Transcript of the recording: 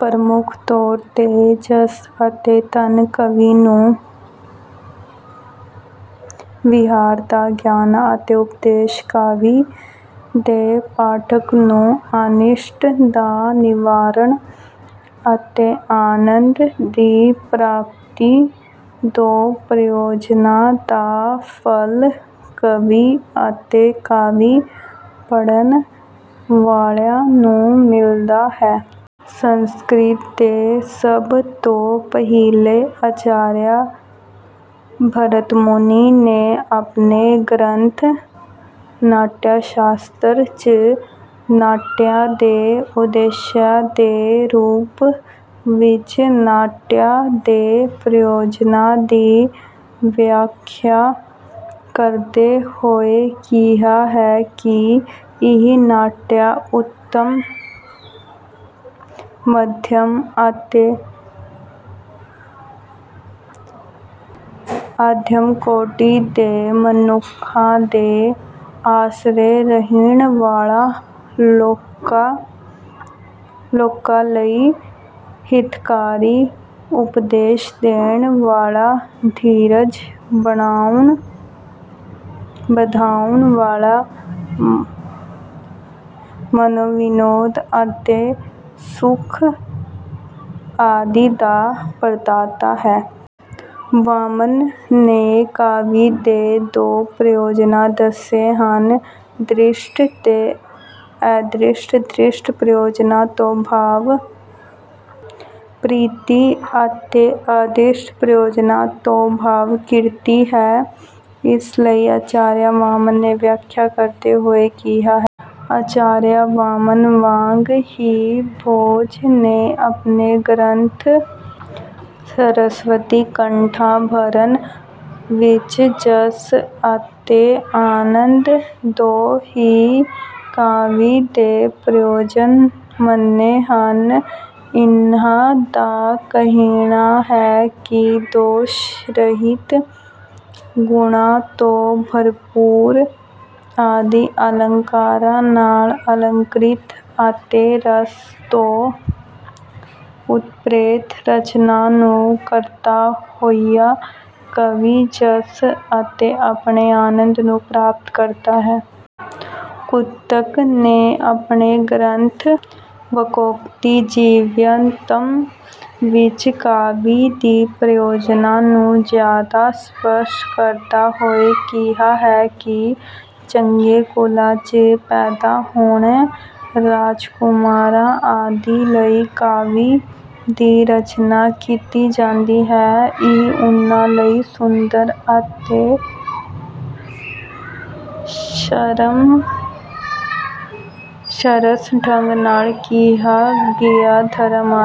ਪ੍ਰਮੁੱਖ ਤੌਰ ਤੇ ਜਸ ਅਤੇ ਧਨ ਕਵੀ ਨੂੰ, ਵਿਹਾਰ ਦਾ ਗਿਆਨ ਅਤੇ ਉਪਦੇਸ਼ ਕਾਵੀ ਦੇ ਪਾਠਕ ਨੂੰ, ਅਨਿਸ਼ਟ ਦਾ ਨਿਵਾਰਣ ਅਤੇ ਆਨੰਦ ਦੀ ਪ੍ਰਾਪਤੀ ਦੋ ਪ੍ਰਯੋਜਨਾਂ ਦਾ ਫ਼ਲ ਕਵੀ ਅਤੇ ਕਾਵੀ ਪੜ੍ਹਨ ਵਾਲਿਆ ਨੂੰ ਮਿਲਦਾ ਹੈ। ਸੰਸਕ੍ਰਿਤ ਦੇ ਸਭ ਤੋਂ ਪਹਿਲੇ ਆਚਾਰੀਆ ਭਰਤਮੁਨੀ ਨੇ ਆਪਣੇ ਗ੍ਰੰਥ ਨਾਟਯਸ਼ਾਸਤਰ ਚ ਨਾਟਯ ਦੇ ਉਦੇਸ਼ਾਂ ਦੇ ਰੂਪ ਵਿੱਚ ਨਾਟਯ ਦੇ ਪ੍ਰਯੋਜਨਾਂ ਦੀ ਵਿਆਖਿਆ ਕਰਦੇ ਹੋਏ ਕਿਹਾ ਹੈ ਕਿ ਇਹ ਨਾਟਯ ਉੱਤਮ, ਮੱਧਮ ਅਤੇ ਅੱਧਮ ਕੋਟੀ ਦੇ ਮਨੁੱਖਾਂ ਦੇ ਆਸਰੇ ਰਹਿਣ ਵਾਲਾ, ਲੋਕਾਂ ਲਈ ਹਿਤਕਾਰੀ ਉਪਦੇਸ਼ ਦੇਣ ਵਾਲਾ, ਧੀਰਜ ਬੰਧਾਉਣ ਵਾਲਾ, ਮਨੋਵਿਨੋਦ ਅਤੇ ਸੁਖ ਆਦਿ ਦਾ ਪ੍ਰਦਾਤਾ ਹੈ। ਵਾਮਨ ਨੇ ਕਾਵੀ ਦੇ ਦੋ ਪ੍ਰਯੋਜਨਾ ਦੱਸੇ ਹਨ, ਦ੍ਰਿਸ਼ਟ ਤੇ ਅਦ੍ਰਿਸ਼ਟ। ਦ੍ਰਿਸ਼ਟ ਪ੍ਰਯੋਜਨਾ ਤੋਂ ਭਾਵ ਪ੍ਰੀਤੀ ਅਤੇ ਅਦ੍ਰਿਸ਼ਟ ਪ੍ਰਯੋਜਨਾ ਤੋਂ ਭਾਵ ਕੀਰਤੀ ਹੈ। ਇਸ ਲਈ ਆਚਾਰੀਆ ਵਾਮਨ ਨੇ ਵਿਆਖਿਆ ਕਰਦੇ ਹੋਏ ਕਿਹਾ ਹੈ। ਆਚਾਰੀਆ ਵਾਮਨ ਵਾਂਗ ਹੀ ਭੋਜ ਨੇ ਆਪਣੇ ਗ੍ਰੰਥ ਸਰਸਵਤੀਕੰਠਾਭਰਣ ਵਿੱਚ ਜਸ ਅਤੇ ਆਨੰਦ ਦੋ ਹੀ ਕਾਵੀ ਦੇ ਪ੍ਰਯੋਜਨ ਮੰਨੇ ਹਨ। ਇਹਨਾਂ ਦਾ ਕਹਿਣਾ ਹੈ ਕਿ ਦੋਸ਼-ਰਹਿਤ, ਗੁਣਾਂ ਤੋਂ ਭਰਪੂਰ ਆਦਿ ਅਲੰਕਾਰਾਂ ਨਾਲ ਅਲੰਕ੍ਰਿਤ ਅਤੇ ਰਸ ਤੋਂ ਓਤਪ੍ਰੋਤ ਰਚਨਾ ਨੂੰ ਕਰਦਾ ਹੋਇਆ ਕਵੀ ਜਸ ਅਤੇ ਆਪਣੇ ਆਨੰਦ ਨੂੰ ਪ੍ਰਾਪਤ ਕਰਦਾ ਹੈ। ਕੁਤਕ ਨੇ ਆਪਣੇ ਗ੍ਰੰਥ ਵਕ੍ਰੋਕਤੀਜੀਵਿਤਮ੍ ਵਿੱਚ ਕਾਵਿ ਦੇ ਪ੍ਰਯੋਜਨਾਂ ਨੂੰ ਜਿਆਦਾ ਸਪੱਸ਼ਟ ਕਰਦੇ ਹੋਏ ਕਿਹਾ ਹੈ ਕਿ ਚੰਗੇ ਕੁਲਾਂ ਚ ਪੈਦਾ ਹੋਏ ਰਾਜਕੁਮਾਰਾਂ ਆਦਿ ਲਈ ਕਾਵੀ ਦੀ ਰਚਨਾ ਕੀਤੀ ਜਾਂਦੀ ਹੈ। ਇਹ ਉਹਨਾਂ ਲਈ ਸੁੰਦਰ ਅਤੇ ਸ਼ਰਸ ਢੰਗ ਨਾਲ ਕਿਹਾ ਗਿਆ ਧਰਮ, ਅਰਥ।